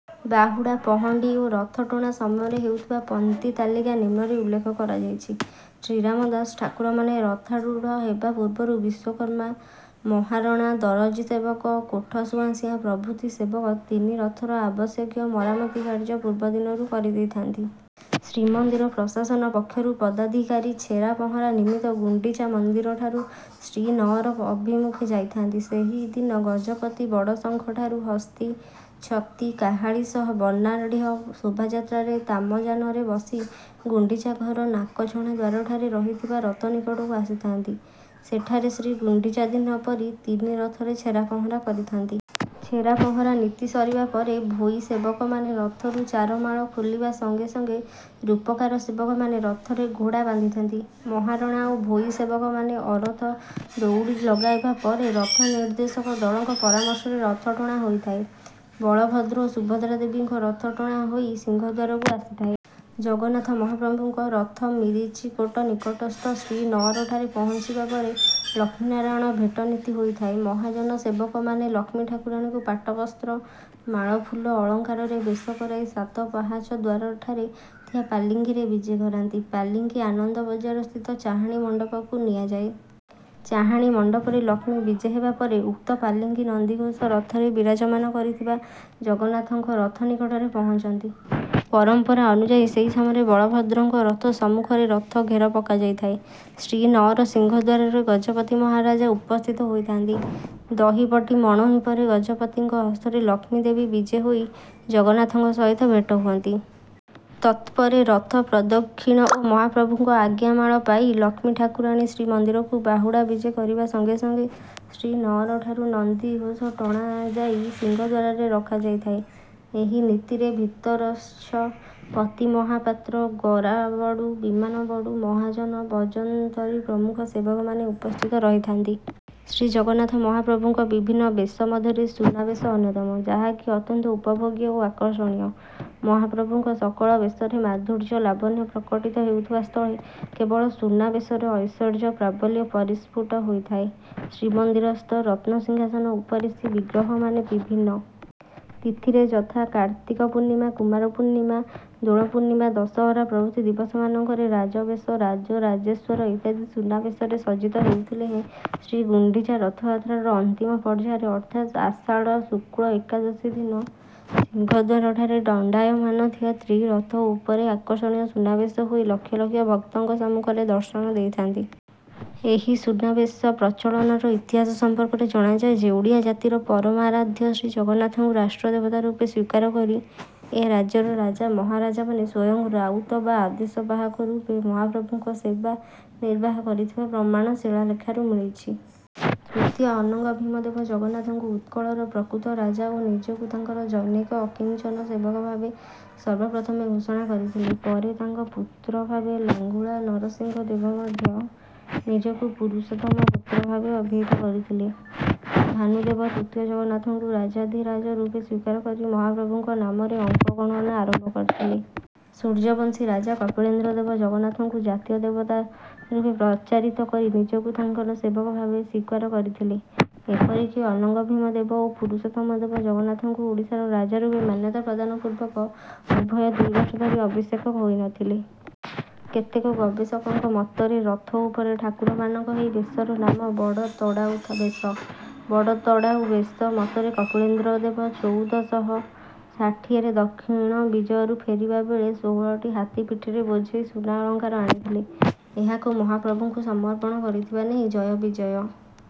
ବାହୁଡ଼ା ପହଣ୍ଡି ଓ ରଥଟଣା ସମୟରେ ହେଉଥିବା ପନ୍ତି ତାଲିକା ନିମ୍ନରେ ଉଲ୍ଲେଖ କରାଯାଇଛି। ଶ୍ରୀରାମ ଦାସ ଠାକୁରମାନେ ରଥାରୂଢ଼ ହେବା ପୂର୍ବରୁ ବିଶ୍ୱକର୍ମା ମହାରଣା, ଦରଜୀ ସେବକ, କୋଠ ସୁଆଁସିଆ ପ୍ରଭୃତି ସେବକ ତିନି ରଥର ଆବଶ୍ୟକୀୟ ମରାମତି କାର୍ଯ୍ୟ ପୂର୍ବଦିନରୁ କରି ଦେଇଥାନ୍ତି। ଶ୍ରୀମନ୍ଦିର ପ୍ରଶାସନ ପକ୍ଷରୁ ପଦାଧିକାରୀ ଛେରା ପହଁରା ନିମିତ୍ତ ଗୁଣ୍ଡିଚା ମନ୍ଦିରଠାରୁ ଶ୍ରୀନଅର ଅଭିମୁଖେ ଯାଇଥାନ୍ତି। ସେହି ଦିନ ଗଜପତି ବଡ଼ଶଙ୍ଖଠାରୁ ହସ୍ତୀ, ଛତି, କାହାଳୀ ସହ ବର୍ଣ୍ଣାଢ଼୍ୟ ଶୋଭାଯାତ୍ରାରେ ତାମଯାନରେ ବସି ଗୁଣ୍ଡିଚା ଘର ନାକଚଣା ଦ୍ୱାରଠାରେ ରହିଥିବା ରଥ ନିକଟକୁ ଆସିଥାନ୍ତି। ସେଠାରେ ଶ୍ରୀଗୁଣ୍ଡିଚା ଦିନ ପରି ତିନି ରଥରେ ଛେରା ପହଁରା କରିଥାନ୍ତି। ଛେରା ପହଁରା ନୀତି ସରିବା ପରେ ଭୋଇ ସେବକମାନେ ରଥରୁ ଚାରମାଳ ଖୋଲିବା ସଙ୍ଗେ ସଙ୍ଗେ ରୂପକାର ସେବକମାନେ ରଥରେ ଘୋଡ଼ା ବାନ୍ଧିଥାନ୍ତି। ମହାରଣା ଓ ଭୋଇ ସେବକମାନେ ଅରଥ ଦଉଡ଼ି ଲଗାଇବା ପରେ ରଥ ନିର୍ଦ୍ଦେଶକ ଦଳଙ୍କ ପରାମର୍ଶରେ ରଥଟଣା ହୋଇଥାଏ। ବଳଭଦ୍ର ଓ ସୁଭଦ୍ରା ଦେବୀଙ୍କ ରଥଟଣା ହୋଇ ସିଂହଦ୍ୱାରକୁ ଆସିଥାଏ। ଜଗନ୍ନାଥ ମହାପ୍ରଭୁଙ୍କ ରଥ ମରିଚିକୋଟ ନିକଟସ୍ଥ ଶ୍ରୀନଅରଠାରେ ପହଞ୍ଚିବା ପରେ ଲକ୍ଷ୍ମୀ ନାରାୟଣ ଭେଟ ନୀତି ହୋଇଥାଏ। ମହାଜନ ସେବକମାନେ ଲକ୍ଷ୍ମୀ ଠାକୁରାଣୀଙ୍କୁ ପାଟବସ୍ତ୍ର, ମାଳଫୁଲ, ଅଳଙ୍କାରରେ ବେଶ କରାଇ ସାତ ପାହଚ ଦ୍ୱାରଠାରେ ଥିବା ପାଲିଙ୍କିରେ ବିଜେ କରାନ୍ତି। ପାଲିଙ୍କି ଆନନ୍ଦବଜାରସ୍ଥିତ ଚାହାଣୀ ମଣ୍ଡପକୁ ନିଆଯାଏ। ଚାହାଣୀ ମଣ୍ଡପରେ ଲକ୍ଷ୍ମୀ ବିଜେ ହେବା ପରେ ଉକ୍ତ ପାଲିଙ୍କି ନନ୍ଦିଘୋଷ ରଥରେ ବିରାଜମାନ କରିଥିବା ଜଗନ୍ନାଥଙ୍କ ରଥ ନିକଟରେ ପହଞ୍ଚନ୍ତି। ପରମ୍ପରା ଅନୁଯାୟୀ ସେହି ସମୟରେ ବଳଭଦ୍ରଙ୍କ ରଥ ସମ୍ମୁଖରେ ରଥ ଘେର ପକାଯାଇଥାଏ। ଶ୍ରୀନଅର ସିଂହଦ୍ୱାରରେ ଗଜପତି ମହାରାଜା ଉପସ୍ଥିତ ହୋଇଥାନ୍ତି। ଦହିପଟି ମଣୋହି ପରେ ଗଜପତିଙ୍କ ହସ୍ତରେ ଲକ୍ଷ୍ମୀ ଦେବୀ ବିଜେ ହୋଇ ଜଗନ୍ନାଥଙ୍କ ସହିତ ଭେଟ ହୁଅନ୍ତି। ତତ୍ପରେ ରଥ ପ୍ରଦକ୍ଷିଣ ଓ ମହାପ୍ରଭୁଙ୍କ ଆଜ୍ଞାମାଳ ପାଇ ଲକ୍ଷ୍ମୀ ଠାକୁରାଣୀ ଶ୍ରୀମନ୍ଦିରକୁ ବାହୁଡ଼ା ବିଜେ କରିବା ସଙ୍ଗେ ସଙ୍ଗେ ଶ୍ରୀନଅର ଠାରୁ ନନ୍ଦିଘୋଷ ଟଣା ଯାଇ ସିଂହଦ୍ୱାରଠାରେ ରଖାଯାଇଥାଏ। ଏହି ନୀତିରେ ଭିତରଚ୍ଛ, ପତି ମହାପାତ୍ର, ଗରାବଡ଼ୁ, ବିମାନବଡ଼ୁ, ମହାଜନ, ବଜନ୍ତରୀ ପ୍ରମୁଖ ସେବକମାନେ ଉପସ୍ଥିତ ରହିଥାନ୍ତି। ଶ୍ରୀଜଗନ୍ନାଥ ମହାପ୍ରଭୁଙ୍କ ବିଭିନ୍ନ ବେଶ ମଧ୍ୟରେ ସୁନା ବେଶ ଅନ୍ୟତମ, ଯାହାକି ଅତ୍ୟନ୍ତ ଉପଭୋଗ୍ୟ ଓ ଆକର୍ଷଣୀୟ। ମହାପ୍ରଭୁଙ୍କ ସକଳ ବେଶରେ ମାଧୁର୍ଯ୍ୟ ଲାବଣ୍ୟ ପ୍ରକଟିତ ହେଉଥିବା ସ୍ଥଳେ, କେବଳ ସୁନା ବେଶରେ ଐଶ୍ୱର୍ଯ୍ୟ ପ୍ରାବଲ୍ୟ ପରିସ୍ଫୁଟ ହୋଇଥାଏ। ଶ୍ରୀମନ୍ଦିରସ୍ଥ ରତ୍ନସିଂହାସନ ଉପରେ ଶ୍ରୀବିଗ୍ରହମାନେ ବିଭିନ୍ନ ତିଥିରେ ଯଥା: କାର୍ତ୍ତିକ ପୂର୍ଣ୍ଣିମା, କୁମାର ପୂର୍ଣ୍ଣିମା, ଦୋଳ ପୂର୍ଣ୍ଣିମା, ଦଶହରା ପ୍ରଭୃତି ଦିବସମାନଙ୍କରେ ରାଜବେଶ, ରାଜା ରାଜେଶ୍ୱର ଇତ୍ୟାଦି ସୁନାବେଶରେ ସଜ୍ଜିତ ହେଉଥିଲେ ହେଁ ଶ୍ରୀଗୁଣ୍ଡିଚା ରଥଯାତ୍ରାର ଅନ୍ତିମ ପର୍ଯ୍ୟାୟରେ ଅର୍ଥାତ ଆଷାଢ଼ ଶୁକ୍ଲ ଏକାଦଶୀ ଦିନ ସିଂହଦ୍ୱାରଠାରେ ଦଣ୍ଡାୟମାନ ଥିବା ତ୍ରିରଥ ଉପରେ ଆକର୍ଷଣୀୟ ସୁନାବେଶ ହୋଇ ଲକ୍ଷ ଲକ୍ଷ ଭକ୍ତଙ୍କ ସମ୍ମୁଖରେ ଦର୍ଶନ ଦେଇଥାନ୍ତି। ଏହି ସୁନାବେଶ ପ୍ରଚଳନର ଇତିହାସ ସମ୍ପର୍କରେ ଜଣାଯାଏ ଯେ, ଓଡ଼ିଆ ଜାତିର ପରମାରାଧ୍ୟ ଶ୍ରୀଜଗନ୍ନାଥଙ୍କୁ ରାଷ୍ଟ୍ର ଦେବତା ରୂପେ ସ୍ୱୀକାର କରି ଏ ରାଜ୍ୟର ରାଜା ମହାରାଜାମାନେ ସ୍ୱୟଂ ରାଉତ ବା ଆଦେଶ ବାହକ ରୂପେ ମହାପ୍ରଭୁଙ୍କ ସେବା ନିର୍ବାହ କରିଥିବା ପ୍ରମାଣ ଶିଳାଲେଖରୁ ମିଳିଛି। ତୃତୀୟ ଅନଙ୍ଗଭୀମ ଦେବ ଜଗନ୍ନାଥଙ୍କୁ ଉତ୍କଳର ପ୍ରକୃତ ରାଜା ଓ ନିଜକୁ ତାଙ୍କର ଜନୈକ ଅକିଞ୍ଚନ ସେବକ ଭାବେ ସର୍ବପ୍ରଥମେ ଘୋଷଣା କରିଥିଲେ। ପରେ ତାଙ୍କ ପୁତ୍ର ଭାବେ ଲାଙ୍ଗୁଳା ନରସିଂହ ଦେବ ମଧ୍ୟ ନିଜକୁ ପୁରୁଷୋତ୍ତମ ପୁତ୍ର ଭାବେ ଅଭିହିତ କରିଥିଲେ। ଭାନୁଦେବ ତୃତୀୟ ଜଗନ୍ନାଥଙ୍କୁ ରାଜାଧିରାଜ ରୂପେ ସ୍ୱୀକାର କରି ମହାପ୍ରଭୁଙ୍କ ନାମରେ ଅଙ୍କ ଗଣନା ଆରମ୍ଭ କରିଥିଲେ। ସୂର୍ଯ୍ୟବଂଶୀ ରାଜା କପିଳେନ୍ଦ୍ର ଦେବ ଜଗନ୍ନାଥଙ୍କୁ ଜାତୀୟ ଦେବତା ରୂପେ ପ୍ରଚାରିତ କରି ନିଜକୁ ତାଙ୍କର ସେବକ ଭାବେ ସ୍ୱୀକାର କରିଥିଲେ। ଏପରିକି ଅନଙ୍ଗଭୀମ ଦେବ ଓ ପୁରୁଷୋତ୍ତମ ଦେବ ଜଗନ୍ନାଥଙ୍କୁ ଓଡ଼ିଶାର ରାଜା ରୂପେ ମାନ୍ୟତା ପ୍ରଦାନ ପୂର୍ବକ ଉଭୟ ଦୁଇ ବର୍ଷ ଧରି ଅଭିଷେକ ହୋଇନଥିଲେ। କେତେକ ଗବେଷକଙ୍କ ମତରେ ରଥ ଉପରେ ଠାକୁରମାନଙ୍କ ଏହି ବେଶର ନାମ ବଡ଼ ତଢ଼ାଉ ବେଶ। ବଡ଼ତଢ଼ାଉ ବେଶ ମତରେ କପିଳେନ୍ଦ୍ର ଦେବ ଚଉଦ ଶହ ଷାଠିଏ ରେ ଦକ୍ଷିଣ ବିଜୟରୁ ଫେରିବା ବେଳେ ଷୋହଳ ଟି ହାତୀ ପିଠିରେ ବୋଝେଇ ସୁନା ଅଳଙ୍କାର ଆଣିଥିଲେ, ଏହାକୁ ମହାପ୍ରଭୁଙ୍କୁ ସମର୍ପଣ କରିଥିବା ନେଇ ଜୟବିଜୟ